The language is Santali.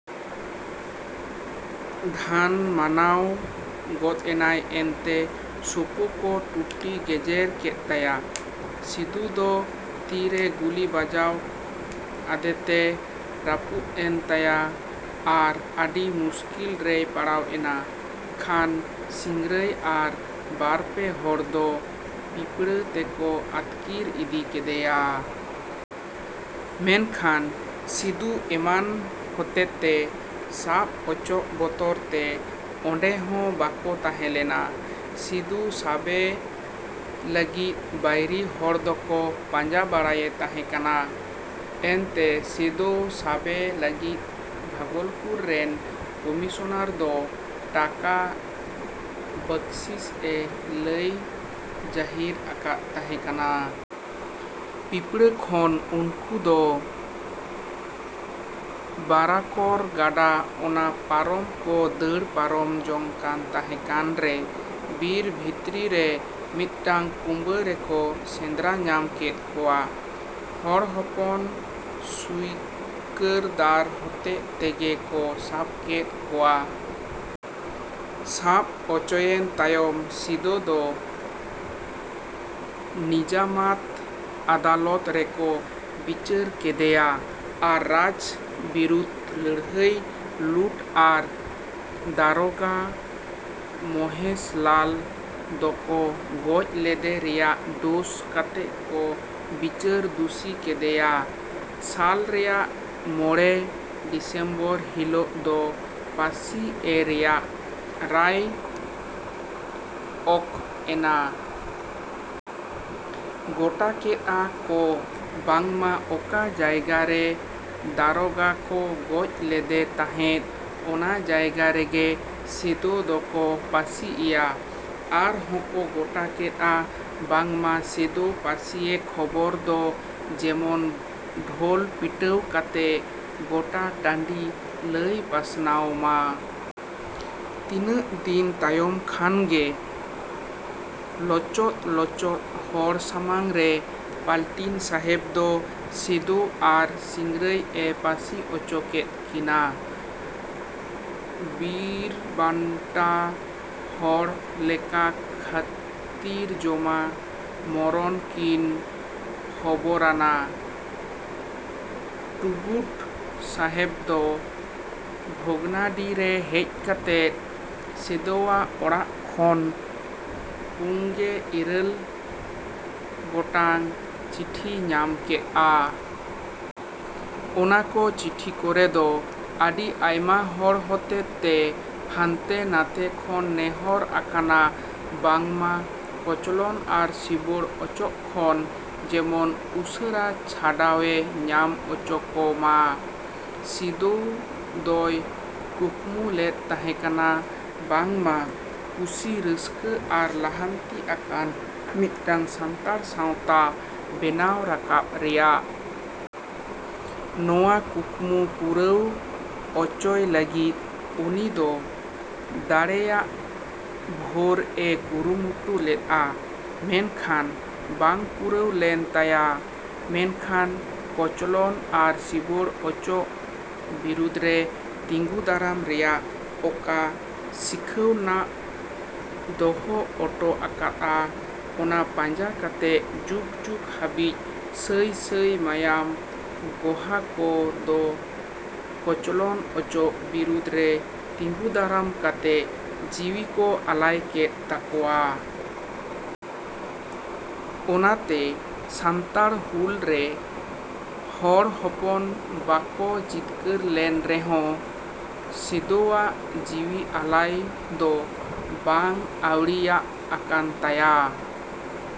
ᱫᱷᱟᱱ ᱢᱟᱱᱟᱶ ᱜᱚᱫ ᱮᱱᱟᱭ ᱮᱱᱛᱮ ᱥᱳᱯᱳ ᱠᱚ ᱴᱩᱴᱤ ᱜᱮᱡᱮᱨ ᱠᱮᱫ ᱛᱟᱭᱟ᱾ ᱥᱤᱫᱚ ᱫᱚ ᱛᱤᱨᱮ ᱜᱩᱞᱤ ᱵᱟᱡᱟᱣ ᱟᱫᱮᱛᱮ ᱨᱟᱹᱯᱩᱫ ᱮᱱ ᱛᱟᱭᱟ ᱟᱨ ᱟᱹᱰᱤ ᱢᱩᱥᱠᱤᱞ ᱨᱮᱭ ᱯᱟᱲᱟᱣ ᱮᱱᱟ᱾ ᱠᱷᱟᱱ ᱥᱤᱝᱨᱟᱹᱭ ᱟᱨ ᱵᱟᱨ ᱯᱮ ᱦᱚᱲ ᱫᱚ ᱯᱤᱯᱲᱟᱹ ᱛᱮᱠᱚ ᱟᱹᱛᱠᱤᱨ ᱤᱫᱤ ᱠᱮᱫᱮᱭᱟ᱾ ᱢᱮᱱᱠᱷᱟᱱ ᱥᱤᱫᱩ ᱮᱢᱟᱱ ᱦᱚᱛᱮᱛᱮ ᱥᱟᱵ ᱚᱪᱚᱜ ᱵᱚᱛᱚᱨ ᱛᱮ ᱚᱸᱰᱮ ᱦᱚᱸ ᱵᱟᱠᱚ ᱛᱟᱦᱮᱸ ᱞᱮᱱᱟ᱾ ᱥᱤᱫᱩ ᱥᱟᱵᱮ ᱞᱟᱹᱜᱤᱫ ᱵᱟᱹᱭᱨᱤ ᱦᱚᱲ ᱫᱚᱠᱚ ᱯᱟᱸᱡᱟ ᱵᱟᱲᱟᱭᱮ ᱛᱟᱦᱮᱸ ᱠᱟᱱᱟ᱾ ᱮᱱᱛᱮ ᱥᱤᱫᱚ ᱥᱟᱵᱮ ᱞᱟᱹᱜᱤᱫ ᱵᱷᱟᱜᱚᱞᱯᱩᱨ ᱨᱮᱱ ᱠᱚᱢᱤᱥᱚᱱᱟᱨ ᱫᱚ ᱴᱟᱠᱟ ᱵᱟᱹᱠᱥᱤᱥ ᱮ ᱞᱟᱹᱭ ᱡᱟᱹᱦᱤᱨ ᱟᱠᱟᱫ ᱛᱟᱦᱮᱸ ᱠᱟᱱᱟ᱾ ᱯᱤᱯᱲᱟᱹ ᱠᱷᱚᱱ ᱩᱱᱠᱩ ᱫᱚ ᱵᱟᱨᱟᱠᱚᱨ ᱜᱟᱰᱟ ᱚᱱᱟ ᱯᱟᱨᱚᱢ ᱠᱚ ᱫᱟᱹᱲ ᱯᱟᱨᱚᱢ ᱡᱚᱝ ᱠᱟᱱ ᱛᱟᱦᱮᱸ ᱠᱟᱱ ᱨᱮ ᱵᱤᱨ ᱵᱷᱤᱛᱨᱤ ᱨᱮ ᱢᱤᱫᱴᱟᱝ ᱠᱩᱸᱵᱟᱹ ᱨᱮᱠᱚ ᱥᱮᱸᱫᱽᱨᱟ ᱧᱟᱢ ᱠᱮᱫ ᱠᱚᱣᱟ᱾ ᱦᱚᱲ ᱦᱚᱯᱚᱱ ᱥᱩᱭᱠᱟᱹᱨᱫᱟᱨ ᱦᱚᱜ ᱛᱮᱜ ᱛᱮᱜᱮ ᱠᱚ ᱥᱟᱵ ᱠᱮᱫ ᱠᱚᱣᱟ᱾ ᱥᱟᱵ ᱚᱪᱚᱭᱮᱱ ᱛᱟᱭᱚᱢ ᱥᱤᱫᱚ ᱫᱚ ᱱᱤᱡᱟᱢᱟᱛ ᱟᱫᱟᱞᱚᱛ ᱨᱮᱠᱚ ᱵᱤᱪᱟᱹᱨ ᱠᱮᱫᱮᱭᱟ ᱟᱨ ᱨᱟᱡᱽ ᱵᱤᱨᱩᱫᱽ ᱞᱟᱹᱲᱦᱟᱹᱭ ᱞᱩᱴ ᱟᱨ ᱫᱟᱨᱚᱜᱟ ᱢᱚᱦᱮᱥᱞᱟᱞ ᱫᱚᱠᱚ ᱜᱚᱡ ᱞᱮᱫᱮ ᱨᱮᱭᱟᱜ ᱫᱳᱥ ᱠᱟᱛᱮ ᱠᱚ ᱵᱤᱪᱟᱹᱨ ᱫᱩᱥᱤ ᱠᱮᱫᱮᱭᱟ᱾ ᱥᱟᱞ ᱨᱮᱭᱟᱜ ᱢᱚᱲᱮ ᱰᱤᱥᱮᱢᱵᱚᱨ ᱦᱤᱞᱚᱜ ᱫᱚ ᱯᱟᱹᱥᱤ ᱮ ᱨᱮᱭᱟᱜ ᱨᱟᱭ ᱚᱠ ᱮᱱᱟ᱾ ᱜᱚᱴᱟ ᱠᱮᱫ-ᱟ ᱠᱚ ᱵᱟᱝᱢᱟ ᱚᱠᱟ ᱡᱟᱭᱜᱟ ᱨᱮ ᱫᱟᱨᱚᱜᱟ ᱠᱚ ᱜᱚᱡ ᱞᱮᱫᱮ ᱛᱟᱦᱮᱸᱫ ᱚᱱᱟ ᱡᱟᱭᱜᱟ ᱨᱮᱜᱮ ᱥᱤᱫᱚ ᱫᱚᱠᱚ ᱯᱟᱹᱥᱤ ᱮᱭᱟ᱾ ᱟᱨ ᱦᱚᱸᱠᱚ ᱜᱚᱴᱟ ᱠᱮᱫ-ᱟ ᱵᱟᱝᱢᱟ ᱥᱤᱫᱚ ᱯᱟᱹᱥᱤᱭᱮ ᱠᱷᱚᱵᱚᱨ ᱫᱚ ᱡᱮᱢᱚᱱ ᱰᱷᱳᱞ ᱯᱤᱴᱟᱹᱣ ᱠᱟᱛᱮ ᱜᱚᱴᱟ ᱴᱟ:ᱰᱤ ᱞᱟᱹᱭ ᱯᱟᱥᱱᱟᱣ ᱢᱟ᱾ ᱛᱤᱱᱟᱹᱝ ᱫᱤᱱ ᱛᱟᱭᱚᱢ ᱠᱷᱟᱱ ᱜᱮ ᱞᱚᱪᱚᱫ ᱞᱚᱪᱚᱫ ᱦᱚᱲ ᱥᱟᱢᱟᱝ ᱨᱮ ᱯᱟᱹᱞᱴᱤᱱ ᱥᱟᱦᱮᱵᱽ ᱫᱚ ᱥᱤᱫᱚ ᱟᱨ ᱥᱤᱝᱨᱟᱹᱭ ᱮ ᱯᱟᱹᱥᱤ ᱚᱪᱚ ᱠᱮᱫ ᱠᱤᱱᱟ ᱵᱤᱨᱵᱽᱟᱱᱴᱟ ᱦᱚᱲ ᱞᱮᱠᱟ ᱠᱷᱟᱹᱛᱤᱨᱡᱚᱢᱟ ᱢᱚᱨᱚᱱ ᱠᱤᱱ ᱦᱚᱵᱚᱨᱟᱱᱟ᱾ ᱴᱩᱜᱩᱰ ᱥᱟᱦᱮᱵᱽ ᱫᱚ ᱵᱷᱚᱜᱽᱱᱟᱰᱤ ᱨᱮ ᱦᱮᱡ ᱠᱟᱛᱮ ᱥᱤᱫᱚᱣᱟᱜ ᱚᱲᱟᱜ ᱠᱷᱚᱱ ᱯᱩᱝᱜᱮ ᱤᱨᱟᱹᱞ ᱜᱚᱴᱟᱝ ᱪᱤᱴᱷᱤᱭ ᱧᱟᱢ ᱠᱮᱫ-ᱟ᱾ ᱚᱱᱟ ᱠᱚ ᱪᱤᱴᱷᱤ ᱠᱚᱨᱮ ᱫᱚ ᱟᱹᱰᱤ ᱟᱭᱢᱟ ᱦᱚᱲ ᱦᱚᱛᱮᱛᱮ ᱦᱟᱱᱛᱮ ᱱᱷᱟᱛᱮ ᱠᱷᱚᱱ ᱱᱮᱦᱚᱸᱨ ᱟᱠᱟᱱᱟ ᱵᱟᱝ ᱢᱟ ᱠᱚᱪᱞᱚᱱ ᱟᱨ ᱥᱤᱵᱚᱲ ᱚᱪᱚᱜ ᱠᱷᱚᱱ ᱡᱮᱢᱚᱱ ᱩᱥᱟᱹᱨᱟ ᱪᱷᱟᱰᱟᱣᱮ ᱧᱟᱢ ᱚᱪᱚ ᱠᱚ ᱢᱟ᱾ ᱥᱤᱫᱚ ᱫᱚᱭ ᱠᱩᱠᱢᱩ ᱞᱮᱫ ᱛᱟᱦᱮᱸ ᱠᱟᱱᱟ ᱵᱟᱝ ᱢᱟ ᱠᱩᱥᱤ ᱨᱟᱹᱥᱠᱟᱹ ᱟᱨ ᱞᱟᱦᱟᱱᱛᱤ ᱟᱠᱟᱱ ᱢᱤᱫᱴᱟᱝ ᱥᱟᱱᱛᱟᱲ ᱥᱟᱶᱛᱟ ᱵᱮᱱᱟᱣ ᱨᱟᱠᱟᱵ ᱨᱮᱭᱟᱜ᱾ ᱱᱚᱶᱟ ᱠᱩᱠᱢᱩ ᱯᱩᱨᱟᱹᱣ ᱚᱪᱚᱭ ᱞᱟᱹᱜᱤᱫ ᱩᱱᱤ ᱫᱚ ᱫᱟᱲᱮᱭᱟᱜ ᱵᱷᱳᱨ ᱮ ᱠᱩᱨᱩᱢᱩᱴᱩ ᱞᱮᱫ-ᱟ᱾ ᱢᱮᱱᱠᱷᱟᱱ ᱵᱟᱝ ᱯᱩᱨᱟᱹᱣ ᱞᱮᱱ ᱛᱟᱭᱟ ᱾ᱢᱮᱱᱠᱷᱟᱱ ᱠᱚᱪᱚᱞᱚᱱ ᱟᱨ ᱥᱤᱵᱚᱲ ᱚᱪᱚᱜ ᱵᱤᱨᱩᱫᱽᱨᱮ ᱛᱤᱸᱜᱩ ᱫᱟᱨᱟᱢ ᱨᱮᱭᱟᱜ ᱚᱠᱟ ᱥᱤᱠᱷᱟᱹᱣᱱᱟᱜ ᱫᱚᱦᱚ ᱚᱴᱚ ᱟᱠᱟᱫ-ᱟ ᱚᱱᱟ ᱯᱟᱸᱡᱟ ᱠᱟᱛᱮ ᱡᱩᱜᱽ ᱡᱩᱜᱽ ᱦᱟᱹᱵᱤᱡ ᱥᱟᱹᱭ ᱥᱟᱹᱭ ᱢᱟᱭᱟᱢ ᱜᱚᱦᱟᱠᱚ ᱫᱚ ᱠᱚᱪᱞᱚᱱ ᱚᱪᱚᱜ ᱵᱤᱨᱩᱫᱽ ᱨᱮ ᱛᱤᱸᱜᱩ ᱫᱟᱨᱟᱢ ᱠᱟᱛᱮ ᱡᱤᱣᱤ ᱠᱚ ᱟᱞᱟᱭ ᱠᱮᱫ ᱛᱟᱠᱚᱣᱟ᱾ ᱚᱱᱟᱛᱮ ᱥᱟᱱᱛᱟᱲ ᱦᱩᱞ ᱨᱮ ᱦᱚᱲ ᱦᱚᱯᱚᱱ ᱵᱟᱠᱚ ᱡᱤᱛᱠᱟᱹᱨ ᱞᱮᱱ ᱨᱮᱦᱚᱸ ᱥᱤᱫᱚᱣᱟᱜ ᱡᱤᱣᱤ ᱟᱞᱟᱭ ᱫᱚ ᱵᱟᱝ ᱟᱹᱣᱲᱤᱭᱟᱜ ᱟᱠᱟᱱ ᱛᱟᱭᱟ᱾।